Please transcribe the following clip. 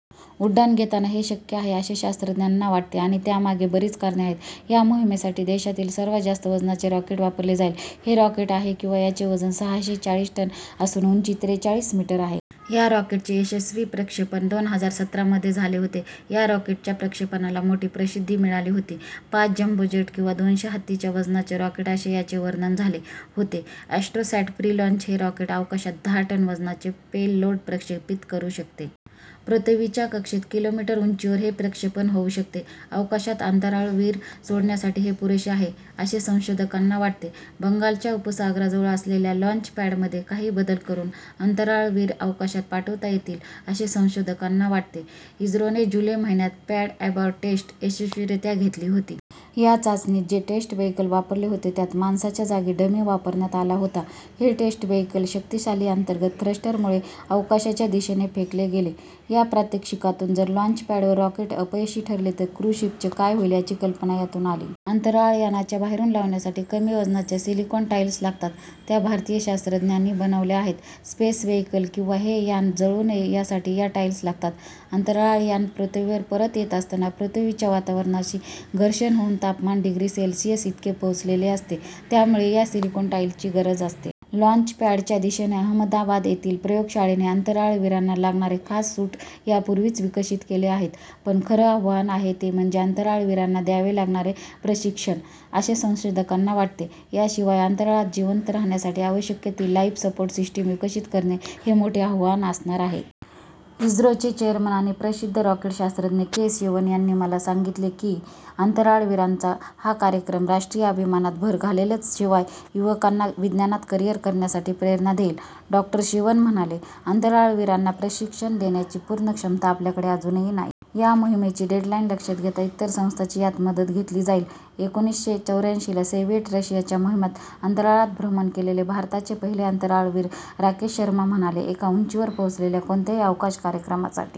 उड्डाण घेताना. हे शक्य आहे, असे शास्त्रज्ञांना वाटते आणि त्यामागे बरीच कारणे आहेत. या मोहिमेसाठी देशातील सर्वांत जास्त वजनाचे रॉकेट वापरले जाईल. हे रॉकेट आहे किंवा -. याचे वजन सहाशे चाळीस टन असून उंची त्रेचाळीस मीटर आहे. या रॉकेटचे यशस्वी प्रक्षेपण दोन हजार सतरामध्ये झाले होते. या रॉकेटच्या प्रक्षेपणाला मोठी प्रसिद्धी मिळाली होती. पाच जंबो जेट किंवा दोनशे हत्तींच्या वजनाचे रॉकेट असे याचे वर्णन झाले होते. ॲस्ट्रोसॅट प्री लाँच हे रॉकेट अवकाशात दहा टन वजनाचे पेललोड प्रक्षेपित करू शकते. पृथ्वीच्या कक्षेत किलोमीटर उंचीवर हे प्रक्षेपण होऊ शकते. अवकाशात अंतराळवीर सोडण्यासाठी हे पुरेसे आहे, असे संशोधकांना वाटते. बंगालच्या उपसागराजवळ असलेल्या लाँचपॅडमध्ये काही बदल करून अंतराळवीर अवकाशात पाठवता येतील, असे संशोधकांना वाटते. इस्रोने जुलै महिन्यात पॅड अबॉर्ट टेस्ट यशस्वीरीत्या घेतली होती. या चाचणीत जे टेस्ट व्हेईकल वापरले होते त्यात माणसाच्या जागी डमी वापरण्यात आला होता. हे टेस्ट व्हेईकल शक्तिशाली अंतर्गत थ्रस्टरमुळे अवकाशाच्या दिशेने फेकले गेले. या प्रात्यक्षिकातून जर लाँचपॅडवर रॉकेट अपयशी ठरले तर क्र्यू शीपचे काय होईल, याची कल्पना यातून आली. अंतराळयानाच्या बाहेरून लावण्यासाठी कमी वजनाच्या सिलिकॉन टाईल्स लागतात. त्या भारतीय शास्त्रज्ञांनी बनवल्या आहेत. स्पेस व्हेईकल किंवा हे यान जळू नये यासाठी या टाईल्स लागतात. अंतराळयान पृथ्वीवर परत येत असताना पृथ्वीच्या वातावरणाशी घर्षण होऊन तापमान डिग्री सेल्सियस इतके पोहोचलेले असते, त्यामुळे या सिलिकॉन टाईल्सची गरज असते. लाँचपॅडच्या दिशेने अहमदाबाद येथील प्रयोगशाळेने अंतराळवीरांना लागणारे खास सूट यापूर्वीच विकसित केले आहेत. पण खरं आव्हान आहे ते म्हणजे अंतराळवीरांना द्यावे लागणारे प्रशिक्षण, असे संशोधकांना वाटते. याशिवाय अंतराळात जिवंत राहण्यासाठी आवश्यक ती लाईफ सपोर्ट सिस्टिम विकसित करणे, हे मोठे आव्हान असणार आहे. इस्रोचे चेअरमन आणि प्रसिद्ध रॉकेट शास्त्रज्ञ के. सीवन यांनी मला सांगितले की, "अंतराळवीरांचा हा कार्यक्रम राष्ट्रीय अभिमानात भर घालेलच शिवाय युवकांना विज्ञानात करिअर करण्यासाठी प्रेरणा देईल." डॉ. सीवन म्हणाले, "अंतराळवीरांना प्रशिक्षण देण्याची पूर्ण क्षमता आपल्याकडे अजूनही नाही. या मोहिमेची डेडलाईन लक्षात घेता इतर संस्थांची यात मदत घेतली जाईल." एकोणीसशे चौऱ्यांशीला सोव्हिएट रशियाच्या मोहिमेत अंतराळात भ्रमण केलेले भारताचे पहिले अंतराळवीर राकेश शर्मा म्हणाले, "एका उंचीवर पोहोचलेल्या कोणत्याही अवकाश कार्यक्रमासाठी